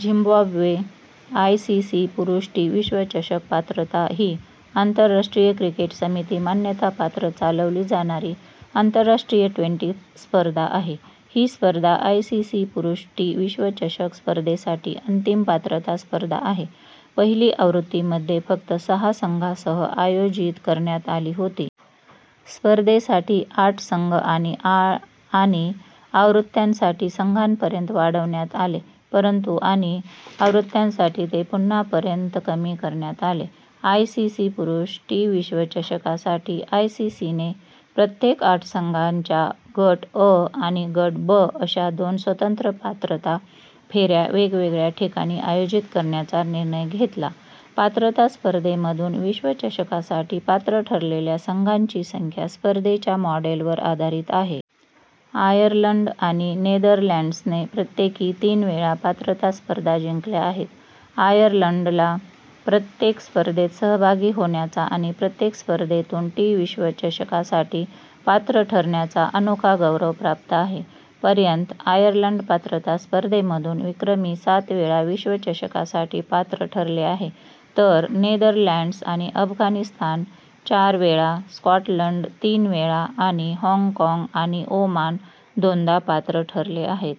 Zimbabwe ICC पुरुष T विश्वचषक पात्रता ही आंतरराष्ट्रीय क्रिकेट समिती मान्यतापात्र चालवली जाणारी आंतरराष्ट्रीय ट्वेंटी स्पर्धा आहे. ही स्पर्धा आयसीसी पुरुष टी विश्वचषक स्पर्धेसाठी अंतिम पात्रता स्पर्धा आहे. पहिली आवृत्ती मध्ये फक्त सहा संघांसह आयोजित करण्यात आली होती. स्पर्धेसाठी आठ संघ आणि आणि आवृत्त्यांसाठी संघांपर्यंत वाढवण्यात आले, परंतु आणि आवृत्त्यांसाठी ते पुन्हा पर्यंत कमी करण्यात आले. आयसीसी पुरुष टी विश्वचषकासाठी, आयसीसी ने प्रत्येकी आठ संघांच्या गट अ आणि गट ब अशा दोन स्वतंत्र पात्रता फेऱ्या वेगवेगळ्या ठिकाणी आयोजित करण्याचा निर्णय घेतला पात्रता स्पर्धेमधून विश्वचषकासाठी पात्र ठरलेल्या संघांची संख्या स्पर्धेच्या मॉडेलवर आधारित आहे. आयर्लंड आणि नेदरलँड्सने प्रत्येकी तीन वेळा पात्रता स्पर्धा जिंकल्या आहेत. आयर्लंडला प्रत्येक स्पर्धेत सहभागी होण्याचा आणि प्रत्येक स्पर्धेतून टी विश्वचषकासाठी पात्र ठरण्याचा अनोखा गौरव प्राप्त आहे; पर्यंत, आयर्लंड पात्रता स्पर्धेमधून विक्रमी सात वेळा विश्वचषकासाठी पात्र ठरले आहे, तर नेदरलँड्स आणि अफगाणिस्तान चार वेळा, स्कॉटलंड तीन वेळा आणि हाँगकाँग आणि ओमान दोनदा पात्र ठरले आहेत.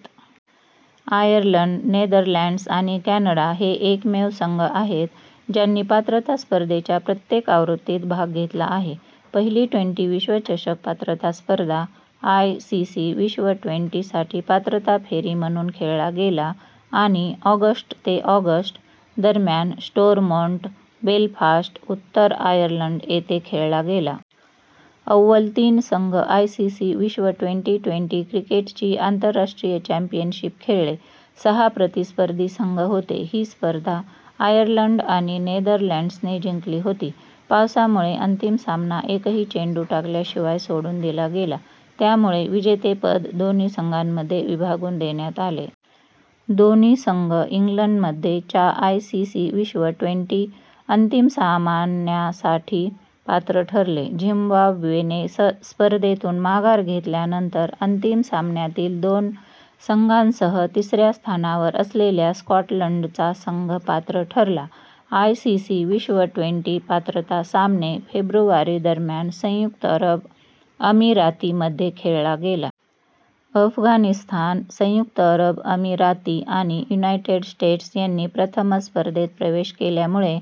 आयर्लंड, नेदरलँड्स आणि कॅनडा हे एकमेव संघ आहेत ज्यांनी पात्रता स्पर्धेच्या प्रत्येक आवृत्तीत भाग घेतला आहे. पहिली ट्वेंटी विश्वचषक पात्रता स्पर्धा आयसीसी विश्व ट्वेंटी साठी पात्रता फेरी म्हणून खेळला गेला आणि ऑगस्ट ते ऑगस्ट दरम्यान स्टोरमोंट, बेलफास्ट, उत्तर आयर्लंड येथे खेळला गेला. अव्वल तीन संघ आयसीसी विश्व ट्वेंटी, ट्वेंटी- क्रिकेटची आंतरराष्ट्रीय चॅम्पियनशिप खेळले. सहा प्रतिस्पर्धी संघ होते: ही स्पर्धा आयर्लंड आणि नेदरलँड्सने जिंकली होती, पावसामुळे अंतिम सामना एकही चेंडू टाकल्याशिवाय सोडून दिला गेला, त्यामुळे विजेतेपद दोन्ही संघांमध्ये विभागून देण्यात आले. दोन्ही संघ इंग्लंडमध्ये च्या आयसीसी विश्व ट्वेंटी- अंतिम सामान्यासाठी पात्र ठरले. झिम्बाब्वेने स्पर्धेतून माघार घेतल्यानंतर, अंतिम सामन्यातील दोन संघांसह तिसऱ्या स्थानावर असलेल्या स्कॉटलंडचा संघ पात्र ठरला. आयसीसी विश्व ट्वेंटी पात्रता सामने - फेब्रुवारी दरम्यान संयुक्त अरब अमिरातीमध्ये खेळला गेला. अफगाणिस्तान, संयुक्त अरब अमिराती आणि युनायटेड स्टेट्स यांनी प्रथमच स्पर्धेत प्रवेश केल्यामुळे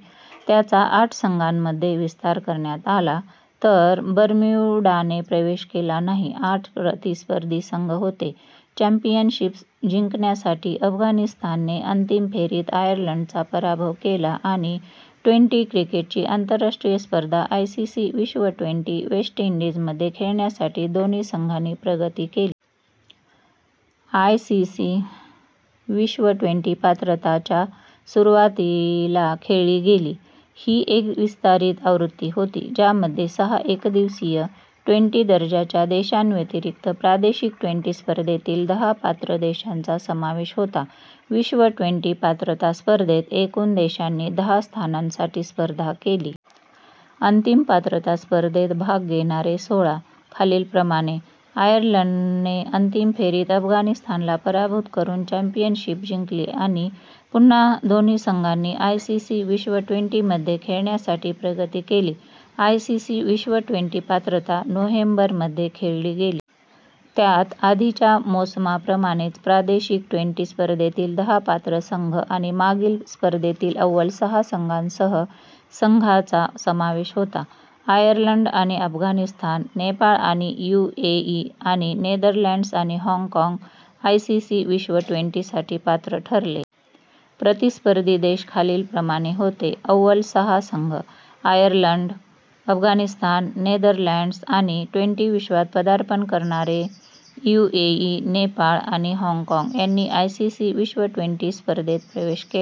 त्याचा आठ संघांमध्ये विस्तार करण्यात आला, तर बर्म्युडाने प्रवेश केला नाही. आठ प्रतिस्पर्धी संघ होते: चॅम्पियनशिप जिंकण्यासाठी अफगाणिस्तानने अंतिम फेरीत आयर्लंडचा पराभव केला आणि ट्वेंटी क्रिकेटची आंतरराष्ट्रीय स्पर्धा आयसीसी विश्व ट्वेंटी, वेस्ट इंडीजमध्ये खेळण्यासाठी दोन्ही संघांनी प्रगती केली. आयसीसी विश्व ट्वेंटी पात्रता, च्या सुरुवातीला खेळली गेली. ही एक विस्तारित आवृत्ती होती ज्यामध्ये सहा एकदिवसीय/ट्वेंटी दर्जाच्या देशांव्यतिरिक्त प्रादेशिक ट्वेंटी स्पर्धेतील दहा पात्र देशांचा समावेश होता. विश्व ट्वेंटी- पात्रता स्पर्धेत एकूण देशांनी दहा स्थानांसाठी स्पर्धा केली. अंतिम पात्रता स्पर्धेत भाग घेणारे सोळा खालीलप्रमाणे: आयर्लंडने अंतिम फेरीत अफगाणिस्तानला पराभूत करून चॅम्पियनशिप जिंकली आणि पुन्हा दोन्ही संघांनी आयसीसी विश्व ट्वेंटी मध्ये खेळण्यासाठी प्रगती केली. आयसीसी विश्व ट्वेंटी पात्रता, नोव्हेंबर मध्ये खेळली गेली. त्यात आधीच्या मोसमाप्रमाणेच प्रादेशिक ट्वेंटी स्पर्धेतील दहा पात्र संघ आणि मागील स्पर्धेतील अव्वल सहा संघांसह संघाचा समावेश होता. आयर्लंड आणि अफगाणिस्तान, नेपाळ आणि युएई आणि नेदरलँड्स आणि हाँगकाँग आयसीसी विश्व ट्वेंटी साठी पात्र ठरले. प्रतिस्पर्धी देश खालील प्रमाणे होते: अव्वल सहा संघ: आयर्लंड, अफगाणिस्तान, नेदरलँड्स आणि ट्वेंटी विश्वात पदार्पण करणारे यूएई, नेपाळ आणि हाँगकाँग यांनी आयसीसी विश्व ट्वेंटी स्पर्धेत प्रवेश केला.